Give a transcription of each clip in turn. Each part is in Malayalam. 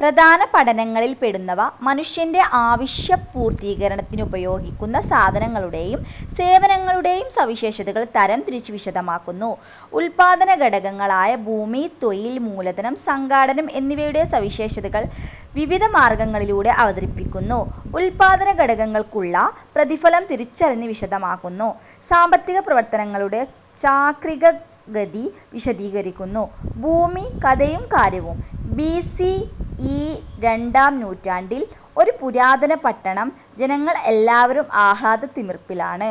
പ്രധാന പഠനങ്ങളിൽപ്പെടുന്നവ മനുഷ്യന്റെ ആവശ്യപൂർത്തീകരണത്തിനുപയോഗിക്കുന്ന സാധനങ്ങളുടെയും സേവനങ്ങളുടെയും സവിശേഷതകൾ തരംതിരിച്ച് വിശദമാക്കുന്നു. ഉല്പാദനഘടകങ്ങളായ ഭൂമി, തൊഴിൽ, മൂലധനം, സംഘാടനം എന്നിവയുടെ സവിശേഷതകൾ വിവിധ മാർഗ്ഗങ്ങളിലൂടെ അവതരിപ്പിക്കുന്നു. ഉല്പാദനഘടകങ്ങൾക്കുള്ള പ്രതിഫലം തിരിച്ചറിഞ്ഞ് വിശദമാക്കുന്നു. സാമ്പത്തികപ്രവർത്തനങ്ങളുടെ ചാക്രികഗതി വിശദീകരിക്കുന്നു. ഭൂമി: കഥയും കാര്യവും: ബി. സി. ഇ രണ്ടാം നൂറ്റാണ്ടിലെ ഒരു പുരാതന പട്ടണം: ജനങ്ങൾ എല്ലാവരും ആഹ്ലാദത്തിമിർപ്പിലാണ്.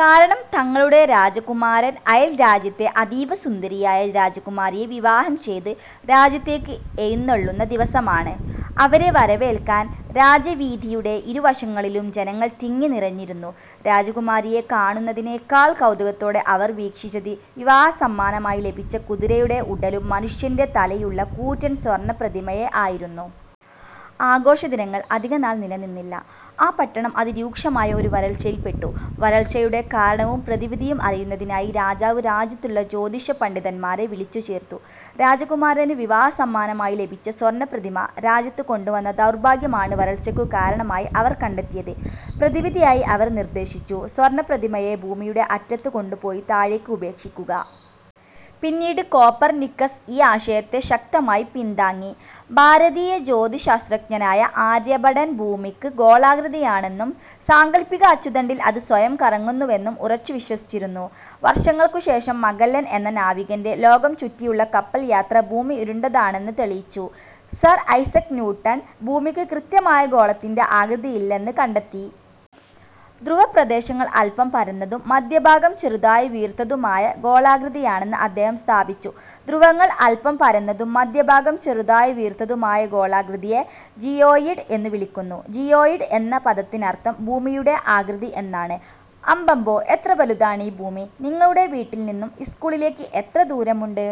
കാരണം തങ്ങളുടെ രാജകുമാരൻ അയൽ രാജ്യത്തെ അതീവ സുന്ദരിയായ രാജകുമാരിയെ വിവാഹം ചെയ്ത് രാജ്യത്തേയ്ക്ക് എഴുന്നെള്ളുന്ന ദിവസമാണ്. അവരെ വരവേൽക്കാൻ രാജവീഥിയുടെ ഇരുവശങ്ങളിലും ജനങ്ങൾ തിങ്ങി നിറഞ്ഞിരുന്നു. രാജകുമാരിയെ കാണുന്നതിനെക്കാൾ കൗതുകത്തോടെ അവർ വീക്ഷിച്ചത് വിവാഹസമ്മാനമായി ലഭിച്ച കുതിരയുടെ ഉടലും മനുഷ്യന്റെ തലയുമുള്ള കൂറ്റൻ സ്വർണ്ണ പ്രതിമയെ ആയിരുന്നു. ആഘോഷദിനങ്ങൾ അധികനാൾ നിലനിന്നില്ല. ആ പട്ടണം അതിരൂക്ഷമായ ഒരു വരൾച്ചയിൽപ്പെട്ടു. വരൾച്ചയുടെ കാരണവും പ്രതിവിധിയും അറിയുന്നതിനായി രാജാവ് രാജ്യത്തുള്ള ജ്യോതിഷ പണ്ഡിതന്മാരെ വിളിച്ചുചേർത്തു. രാജകുമാരന് വിവാഹസമ്മാനമായി ലഭിച്ച സ്വർണ്ണപ്രതിമ രാജ്യത്ത് കൊണ്ടുവന്ന ദൗർഭാഗ്യമാണ് വരൾച്ചയ്ക്കുള്ള കാരണമായി അവർ കണ്ടെത്തിയത്. പ്രതിവിധിയായി അവർ നിർദേശിച്ചു. സ്വർണ്ണപ്രതിമയെ ഭൂമിയുടെ അറ്റത്ത് കൊണ്ടുപോയി താഴേയ്ക്ക് ഉപേക്ഷിക്കുക. പിന്നീട് കോപ്പർ നിക്കസ് ഈ ആശയത്തെശക്തമായി പിന്താങ്ങി. ഭാരതീയ ജ്യോതിശാസ്ത്രജ്ഞനായ ആര്യഭടൻ ഭൂമിക്ക് ഗോളാകൃതിയാണെന്നും സാങ്കല്പിക അച്ചുതണ്ടിൽ അത് സ്വയം കറങ്ങുന്നുവെന്നും ഉറച്ചുവിശ്വസിച്ചിരുന്നു. വർഷങ്ങൾക്കുശേഷം മഗല്ലൻ എന്ന നാവികന്റെ ലോകം ചുറ്റിയുള്ള കപ്പൽ യാത്ര ഭൂമി ഉരുണ്ടതാണെന്ന് തെളിയിച്ചു. സർ ഐസക് ന്യൂട്ടൺ ഭൂമിക്ക് കൃത്യമായ ഗോളത്തിന്റെ ആകൃതിയല്ലെന്ന് കണ്ടെത്തി. ധ്രുവപ്രദേശങ്ങൾ അല്പം പരന്നതും മധ്യഭാഗം ചെറുതായി വീർത്തതുമായ ഗോളാകൃതിയാണെന്ന് അദ്ദേഹം സ്ഥാപിച്ചു. ധ്രുവങ്ങൾ അല്പം പരന്നതും മധ്യഭാഗം ചെറുതായി വീർത്തതുമായ ഗോളാകൃതിയെ ജിയോയിഡ് എന്നുവിളിക്കുന്നു. ജിയോയിഡ് എന്ന പദത്തിനർത്ഥം ""ഭൂമിയുടെ ആകൃതി' എന്നാണ്. അമ്പമ്പോ എത്രവലുതാണീ ഭൂമി! നിങ്ങളുടെ വീട്ടിൽ നിന്നും സ്കൂളിലേക്ക് എത്ര ദൂരമുണ്ട്?